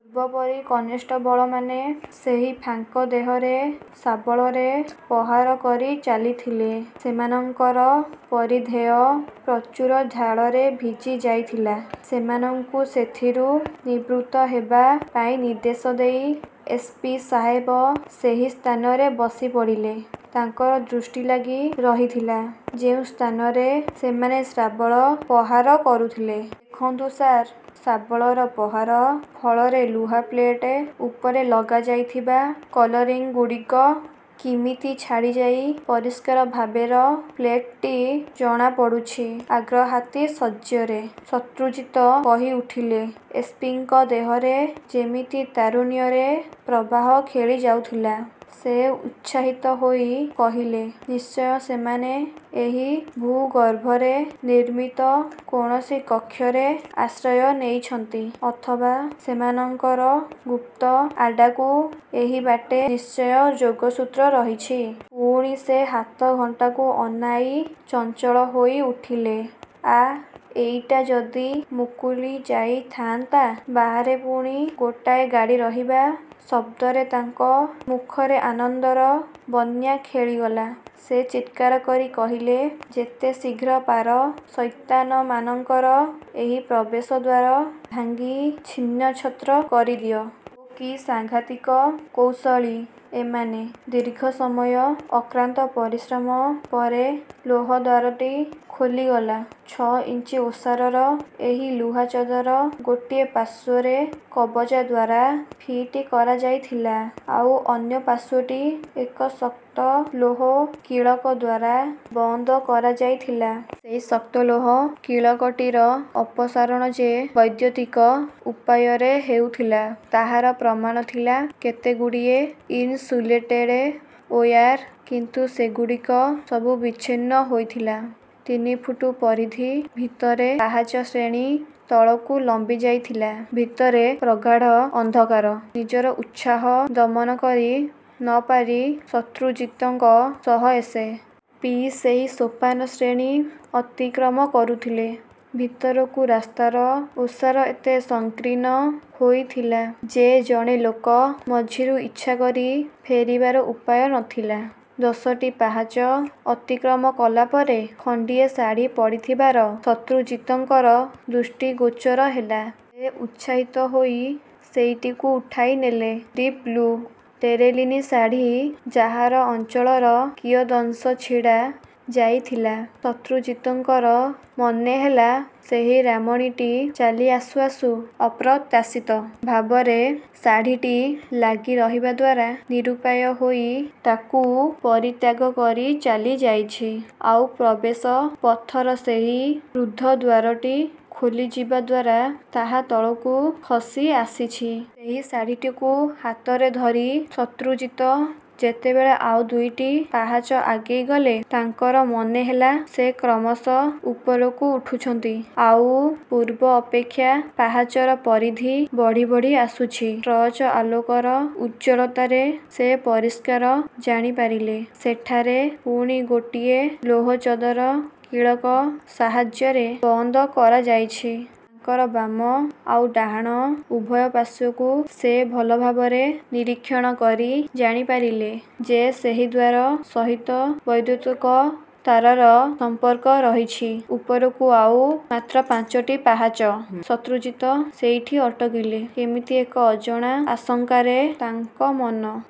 ପୂର୍ବ ପରି କନେଷ୍ଟବଳମାନେ ସେହି ଫାଙ୍କ ଦେହରେ ଶାବଳରେ ପ୍ରହାର କରି ଚାଲିଥିଲେ। ସେମାନଙ୍କର ପରିଧେୟ ପ୍ରଚୁର ଝାଳରେ ଭିଜି ଯାଇଥିଲା। ସେମାନଙ୍କୁ ସେଥିରୁ ନିବୃତ୍ତ ହେବା ପାଇଁ ନିର୍ଦ୍ଦେଶ ଦେଇ ଏସ୍. ପି. ସାହେବ ସେହି ସ୍ଥାନରେ ବସିପଡ଼ିଲେ। ତାଙ୍କର ଦୃଷ୍ଟି ଲାଗି ରହିଥିଲା, ଯେଉଁ ସ୍ଥାନରେ ସେମାନେ ଶାବଳ ପ୍ରହାର କରୁଥିଲେ। ଦେଖନ୍ତୁ ସାର, ଶାବଳର ପ୍ରହାର ଫଳରେ ଲୁହା ପ୍ଲେଟ୍ ଉପରେ ଲଗାଯାଇଥିବା କଲରିଂଗୁଡ଼ିକ କିମିତି ଛାଡ଼ିଯାଇ ପରିଷ୍କାର ଭାବେର ପ୍ଲେଟଟି ଜଣାପଡ଼ୁଛି। ଆଗ୍ରହାତିଶଯ୍ୟରେ ଶତ୍ରୁଜିତ କହିଉଠିଲେ। ଏସ୍. ପି. ଙ୍କ ଦେହରେ ଯେମିତି ତାରୁଣ୍ୟରେ ପ୍ରବାହ ଖେଳି ଯାଉଥିଲା। ସେ ଉତ୍ସାହିତ ହୋଇ କହିଲେ-ନିଶ୍ଚୟ ସେମାନେ ଏହି ଭୂଗର୍ଭରେ ନିର୍ମିତ କୌଣସି କକ୍ଷରେ ଆଶ୍ରୟ ନେଇଛନ୍ତି; ଅଥବା ସେମାନଙ୍କର ଗୁପ୍ତ ଆଡ୍ଡାକୁ ଏହି ବାଟେ ନିଶ୍ଟୟ ଯୋଗସୂତ୍ର ରହିଛି। ପୁଣି ସେ ହାତଘଣ୍ଟାକୁ ଅନାଇ ଚଞ୍ଚଳ ହୋଇଉଠିଲେ। ଆଃ, ଏଇଟା ଯଦି ମୁକୁଳି ଯାଇ ଥାଆନ୍ତା। ବାହାରେ ପୁଣି ଗୋଟାଏ ଗାଡ଼ି ରହିବା ଶବ୍ଦରେ ତାଙ୍କ ମୁଖରେ ଆନନ୍ଦର ବନ୍ୟା ଖେଳିଗଲା। ସେ ଚିତ୍କାର କରି କହିଲେ-ଯେତେ ଶୀଘ୍ର ପାର ସୈତାନମାନଙ୍କର ଏହି ପ୍ରବେଶ ଦ୍ୱାର ଭାଙ୍ଗି ଛିନ୍ନଛତ୍ର କରିଦିଅ। ଓଃ, କି ସାଙ୍ଘାତିକ କୌଶଳୀ ଏମାନେ। ଦୀର୍ଘ ସମୟ ଅକ୍ଳାନ୍ତ ପରିଶ୍ରମ ପରେ ଲୌହ ଦ୍ୱାରଟି ଖୋଲିଗଲା ଛ' ଇଞ୍ଚ ଓସାରର ଏହି ଲୁହା ଚଦର ଗୋଟିଏ ପାର୍ଶ୍ୱରେ କବଜା ଦ୍ୱାରା ଫିଟ୍ କରାଯାଇଥିଲା। ଆଉ ଅନ୍ୟ ପାର୍ଶ୍ୱଟି ଏକ ଶକ୍ତ ଲୌହ କିଳକ ଦ୍ୱାରା ବନ୍ଦ କରାଯାଇଥିଲା। ସେହି ଶକ୍ତ ଲୌହ କିଳକଟିର ଅପସାରଣ ଯେ ବୈଦ୍ୟୁତିକ ଉପାୟରେ ହେଉଥିଲା, ତାହାର ପ୍ରମାଣ ଥିଲା କେତେଗୁଡ଼ିଏ ଇନସୁଲେଟେଡ୍ ଓୟାର୍। କିନ୍ତୁ ସେଗୁଡ଼ିକ ସବୁ ବିଚ୍ଛିନ୍ନ ହୋଇଥିଲା। ତିନି ଫୁଟ୍ ପରିଧି ଭିତରେ ପାହାଚଶ୍ରେଣୀ ତଳକୁ ଲମ୍ବି ଯାଇଥିଲା। ଭିତରେ ପ୍ରଗାଢ଼ ଅନ୍ଧକାର। ନିଜର ଉତ୍ସାହ ଦମନ କରି ନ ପାରି ଶତ୍ରୁଜିତଙ୍କ ସହ ଏସ୍. ପି. ସେହି ସୋପାନଶ୍ରେଣୀ ଅତିକ୍ରମ କରୁଥିଲେ। ଭିତରକୁ ରାସ୍ତାର ଓସାର ଏତେ ସଂକୀର୍ଣ୍ଣ ହୋଇଥିଲା ଯେ, ଜଣେ ଲୋକ ମଝିରୁ ଇଚ୍ଛା କରି ଫେରିବାର ଉପାୟ ନ ଥିଲା। ଦଶଟି ପାହାଚ ଅତିକ୍ରମ କଲା ପରେ ଖଣ୍ଡିଏ ଶାଢ଼ି ପଡ଼ିଥିବାର ଶତ୍ରୁଜିତଙ୍କର ଦୃଷ୍ଟି ଗୋଚର ହେଲା। ସେ ଉତ୍ସାହିତ ହୋଇ ସେଇଟିକୁ ଉଠାଇ ନେଲେ। ଡିପ୍-ବ୍ଲୁ ଟେରେଲିନ୍ ଶାଢ଼ି-ଯାହାର ଅଞ୍ଚଳର କିୟଦଂଶ ଛିଡ଼ା ଯାଇଥିଲା। ଶତ୍ରୁଜିତଙ୍କର ମନେହେଲା, ସେହି ରାମଣୀଟି ଚାଲି ଆସୁ ଆସୁ ଅପ୍ରତ୍ୟାଶିତ ଭାବରେ ଶାଢ଼ିଟି ଲାଗି ରହିବା ଦ୍ୱାରା ନିରୁପାୟ ହୋଇ ତାକୁ ପରିତ୍ୟାଗ କରି ଚାଲିଯାଇଛି। ଆଉ ପ୍ରବେଶ ପଥର ସେହି ରୁଦ୍ଧ ଦ୍ୱାରଟି ଖୋଲିଯିବା ଦ୍ୱାରା ତାହା ତଳକୁ ଖସି ଆସିଛି। ସେହି ଶାଢ଼ିଟିକୁ ହାତରେ ଧରି ଶତ୍ରୁଜିତ ଯେତେବେଳେ ଆଉ ଦୁଇଟି ପାହାଚ ଆଗେଇ ଗଲେ, ତାଙ୍କର ମନେହେଲା, ସେ କ୍ରମଶଃ ଉପରକୁ ଉଠୁଛନ୍ତି। ଆଉ ପୂର୍ବ ଅପେକ୍ଷା ପାହାଚର ପରିଧି ବଢ଼ି ବଢ଼ି ଆସୁଛି। ଟର୍ଚ୍ଚ ଆଲୋକର ଉଜ୍ଜ୍ୱଳତାରେ ସେ ପରିଷ୍କାର ଜାଣିପାରିଲେ ସେଠାରେ ପୁଣି ଗୋଟିଏ ଲୌହ ଚଦର କିଳକ ସାହାଯ୍ୟରେ ବନ୍ଦ କରାଯାଇଛି। ତାଙ୍କର ବାମ ଆଉ ଡାହାଣ ଉଭୟ ପାର୍ଶ୍ୱକୁ ସେ ଭଲ ଭାବରେ ନିରୀକ୍ଷଣ କରି ଜାଣିପାରିଲେ ଯେ, ସେହି ଦ୍ୱାର ସହିତ ବୈଦ୍ୟୁତିକ ତାରର ସମ୍ପର୍କ ରହିଛି। ଉପରକୁ ଆଉ ମାତ୍ର ପାଞ୍ଚଟି ପାହାଚ। ଶତ୍ରୁଜିତ ସେଇଠି ଅଟକିଲେ। କେମିତି ଏକ ଅଜଣା ଆଶଙ୍କାରେ ତାଙ୍କ ମନ